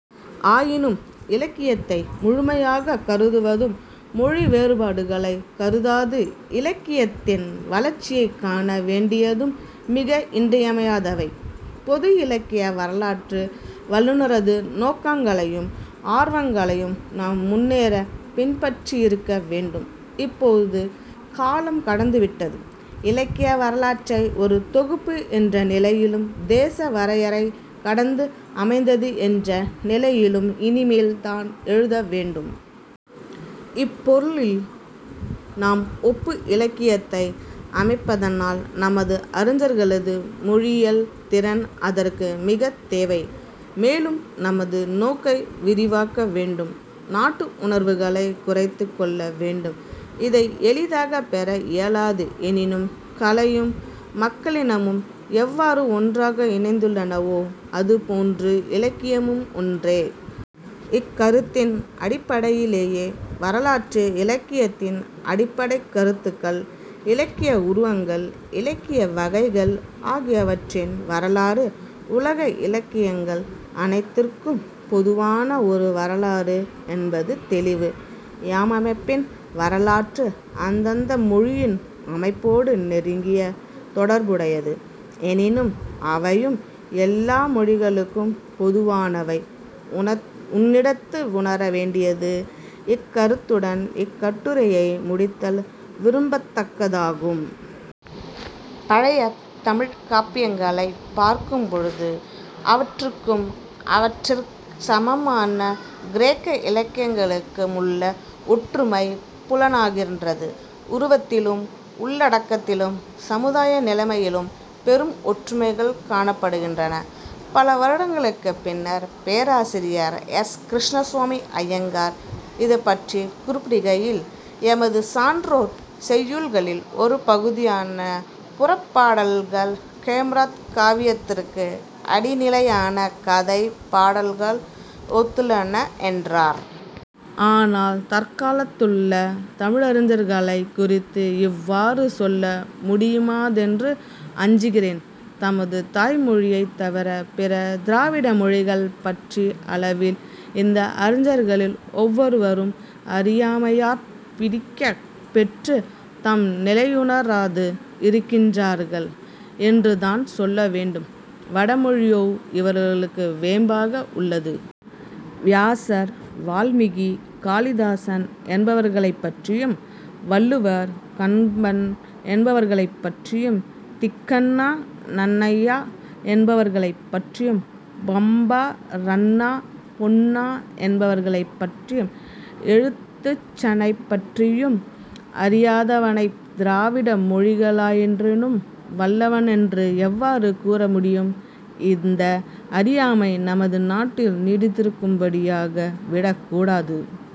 ஆயினும் இலக்கியத்தை முழுமையாகக் கருதுவதும் மொழி வேறுபாடுகளைக் கருதாது இலக்கியத்தின் வளர்ச்சியைக் காண வேண்டியதும் மிக இன்றியமையாதவை. பொது இலக்கிய வரலாற்று வல்லுநரது நோக்கங்களையும் ஆர்வங்களையும் நாம் முன்னேர பின்பற்றியிருக்க வேண்டும். இப்போது காலம் கடந்து விட்டது. இலக்கிய வரலாற்றை ஒரு தொகுப்பு என்ற நிலையிலும் தேச வரையறையைக் கடந்து அமைந்தது என்ற நிலையிலும் இனிமேல் தான் எழுத வேண்டும். இப்பொருளில் நாம் ஒப்பு இலக்கியத்தை அமைப்பதனால் நமது அறிஞர்களது மொழியியல் திறன் அதற்கு மிகத் தேவை. மேலும் நமது நோக்கை விரிவாக்க வேண்டும். நாட்டு உணர்வுகளைக் குறைத்துக் கொள்ள வேண்டும். இதை எளிதாகப் பெற இயலாது. எனினும் கலையும் மக்களினமும் எவ்வாறு ஒன்றாக இணைந்துள்ளனவோ அது போன்று இலக்கியமும் ஒன்றே. இக்கருத்தின் அடிப்படையிலே வரலாற்று இலக்கியத்தின் அடிப்படைக் கருத்துக்கள், இலக்கிய உருவங்கள், இலக்கிய வகைகள் ஆகியவற்றின் வரலாறு உலக இலக்கியங்கள் அனைத்திற்கும் பொதுவான ஒரு வரலாறு என்பது தௌிவு. யாம்பமைப்பின் வரலாறு அந்தந்த மொழியின் அமைப்போடு நெருங்கிய தொடர்புடையது. எனினும் அவையும் எல்லா மொழிகளுக்கும் பொதுவானவை.... " உன்னிடத்து உணர வேண்டியது இக்கருத்துடன் இக்கட்டுரையை முடித்தல் விரும்பத்தக்கதாகும். "பழைய தமிழ்க் காப்பியங்களைப் பார்க்கும் பொழுது, அவற்றுக்கும் அவற்றிக் சமமான கிரேக்க இலக்கியங்களுக்க முள்ள ஒற்றுமை புலனாகின்றது. உருவத்திலும், உள்ளடக்கத்திலும், சமுதாய நிலைமையிலும் பெரும் ஒற்றுமைகள் காணப்படுகின்றன. " பல வருடங்களுக்குப் பின்னர் பேராசிாியர் எஸ். கிருஷ்ணசாமி ஐயங்கார் இதுபற்றிக் குறிப்பிடுகையில், எமது சான்றோர் செய்யுள்களில் ஒரு பகுதியான புறப்பாடல்கள் ஹேமரது காவியத்திற்கு அடிநிலையான கதைப் பாடல்கள் ஒத்துள்ளன என்றார். ஆனால், தற்காலத்துள்ள தமிழறிஞர்களைக் குறித்து இவ்வாறு சொல்ல முடியுமாதென்று அஞ்சுகிறேன். தமது தாய் மொழியைத் தவிர, பிற திராவிட மொழிகள் பற்றி அளவில், இந்த அறிஞர்களில் ஒவ்வொருவரும் அறியாமையாற் பிடிக்கப் பெற்று, தம் நிலையுணராது இருக்கின்றார்கள் என்றுதான் சொல்ல வேண்டும். வட மொழியோ இவர்களுக்கு வேம்பாக உள்ளது. வியாசர், வால்மீகி, காளிதாசன் என்பவர்களைப் பற்றியும், வள்ளுவர், கம்பன் என்பவர்களைப் பற்றியும், திக்கண்ணா, நன்னய்யா என்பவர்களைப் பற்றியும், பம்பா, ரன்னா, பொன்னா என்பவர்களைப் பற்றியும், எழுத்தச்சனைப் பற்றியும், அறியாதவனைத் திராவிட மொழிகளிலாயென்றினும் வல்லவனென்று எவ்வாறு கூற முடியும்? இந்த அறியாமை நமது நாட்டில் நீடித்திருக்கும்படியாக விடக்கூடாது.